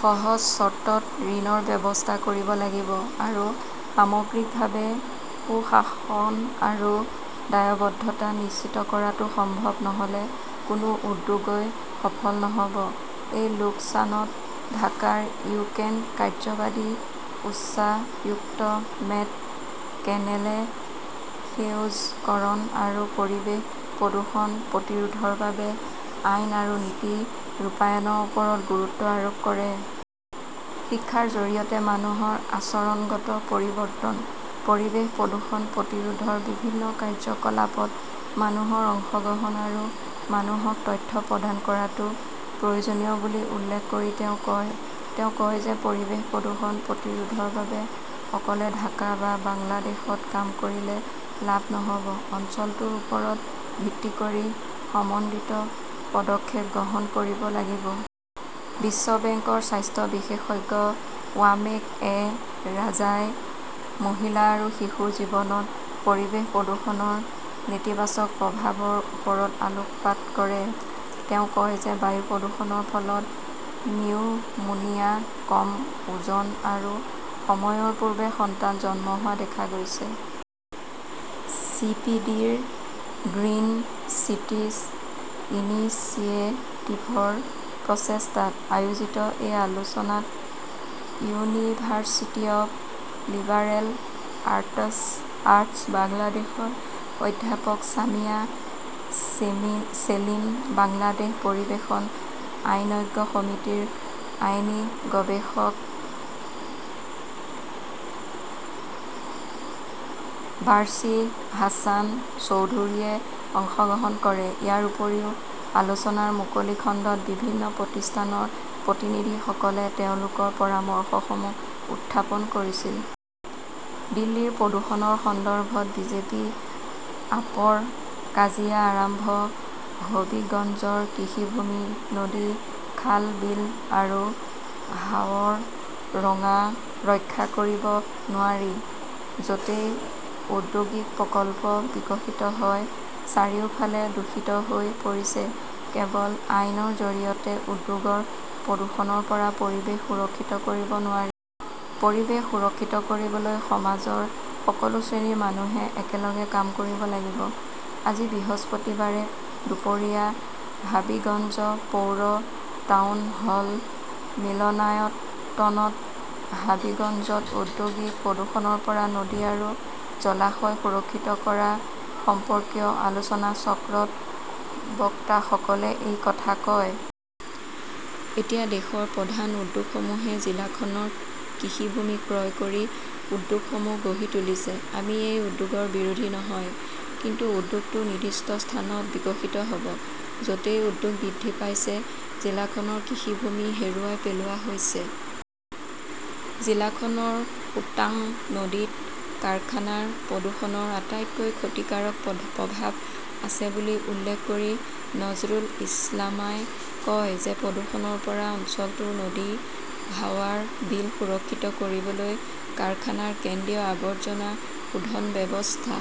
সহজ চৰ্তত ঋণৰ ব্যৱস্থা কৰিব লাগিব। আৰু সামগ্ৰিকভাৱে সুশাসন আৰু দায়বদ্ধতা নিশ্চিত কৰাটো সম্ভৱ নহ "লে কোনো উদ্যোগই সফল নহ" ব। এই আলোচনাত ঢাকাৰ ইউকেৰ কাৰ্যবাহী উচ্চায়ুক্ত মেট কেনেলে সেউজকৰণ আৰু পৰিৱেশ প্ৰদূষণ প্ৰতিৰোধৰ বাবে আইন আৰু নীতি ৰূপায়ণৰ ওপৰত গুৰুত্ব আৰোপ কৰে। শিক্ষাৰ জৰিয়তে মানুহৰ আচৰণগত পৰিৱৰ্তন, পৰিৱেশ প্ৰদূষণ প্ৰতিৰোধৰ বিভিন্ন কাৰ্যকলাপত মানুহৰ অংশগ্ৰহণ আৰু মানুহক তথ্য প্ৰদান কৰাটো প্ৰয়োজনীয় বুলি উল্লেখ কৰি তেওঁ কয়। তেওঁ কয় যে পৰিৱেশ প্ৰদূষণ প্ৰতিৰোধৰ বাবে অকলে ঢাকা বা বাংলাদেশত কাম কৰিলে লাভ নহ "ব, অঞ্চলটোৰ ওপৰত ভিত্তি কৰি সমন্বিত পদক্ষেপ গ্ৰহণ কৰিব লাগিব। বিশ্ব বেংকৰ স্বাস্থ্য বিশেষজ্ঞ ৱামেক এ. ৰাজাই মহিলা আৰু শিশুৰ জীৱনত পৰিৱেশ প্ৰদূষণৰ নেতিবাচক প্ৰভাৱৰ ওপৰত আলোকপাত কৰে। তেওঁ কয় যে বায়ু প্ৰদূষণৰ ফলত নিউমোনিয়া, কম ওজন আৰু সময়ৰ পূৰ্বে সন্তান জন্ম হোৱা দেখা গৈছে। চি. পি. ডি. -ৰ গ্ৰীণ চিটিজ ইনিচিয়েটিভৰ প্ৰচেষ্টাত আয়োজিত এই আলোচনাত ইউনিভাৰ্চিটি অৱ লিবাৰেল আৰ্টছ বাংলাদেশৰ অধ্যাপক ছামিয়া চেলিম, বাংলাদেশ পৰিৱেশ আইনজ্ঞ সমিতিৰ আইনী গৱেষক বাৰ্চী হাছান চৌধুৰীয়ে অংশগ্ৰহণ কৰে। ইয়াৰ উপৰিও, আলোচনাৰ মুকলি খণ্ডত বিভিন্ন প্ৰতিষ্ঠানৰ প্ৰতিনিধিসকলে তেওঁলোকৰ পৰামৰ্শসমূহ উত্থাপন কৰিছিল। দিল্লীৰ প্ৰদূষণৰ সন্দৰ্ভত বিজেপি-আপৰ কাজিয়া আৰম্ভ হবীগঞ্জৰ কৃষিভূমি, নদী, খাল, বিল আৰু হাৱৰ ৰক্ষা কৰিব নোৱাৰি, য 'তেই ঔদ্যোগিক প্ৰকল্প বিকশিত হয়। চাৰিওফাল দূষিত হৈ পৰিছে। কেৱল আইনৰ জৰিয়তে উদ্যোগৰ প্ৰদূষণৰ পৰা পৰিৱেশ সুৰক্ষিত কৰিব নোৱাৰি। পৰিৱেশ সুৰক্ষিত কৰিবলৈ সমাজৰ সকলো শ্ৰেণীৰ মানুহে একেলগে কাম কৰিব লাগিব। আজি বৃহস্পতিবাৰে দুপৰীয়া হাবিগঞ্জ পৌৰ টাউন হল মিলনায়তনত 'হাবিগঞ্জত ঔদ্যোগিক প্ৰদূষণৰ পৰা নদী আৰু জলাশয় সুৰক্ষিত কৰা "সম্পৰ্কীয় আলোচনাচক্ৰত বক্তাসকলে এই কথা কয়। এতিয়া দেশৰ প্ৰধান উদ্যোগসমূহে জিলাখনৰ কৃষিভূমি ক্ৰয় কৰি উদ্যোগসমূহ গঢ়ি তুলিছে। আমি এই উদ্যোগৰ বিৰোধী নহয়, কিন্তু উদ্যোগটো নিৰ্দিষ্ট স্থানত বিকশিত হ 'ব। য 'তেই উদ্যোগ বৃদ্ধি পাইছে, জিলাখনৰ কৃষিভূমি হেৰুৱাই পেলোৱা হৈছে। "জিলাখনৰ সুতাং নদীত কাৰখানাৰ প্ৰদূষণৰ আটাইতকৈ ক্ষতিকাৰক প্ৰভাৱ আছে বুলি উল্লেখ কৰি নজৰুল ইছলামই কয় যে প্ৰদূষণৰ পৰা অঞ্চলটোৰ নদী, হাৱাৰ, বিল সুৰক্ষিত কৰিবলৈ কাৰখানাৰ কেন্দ্ৰীয় আৱৰ্জনা শোধন ব্যৱস্থা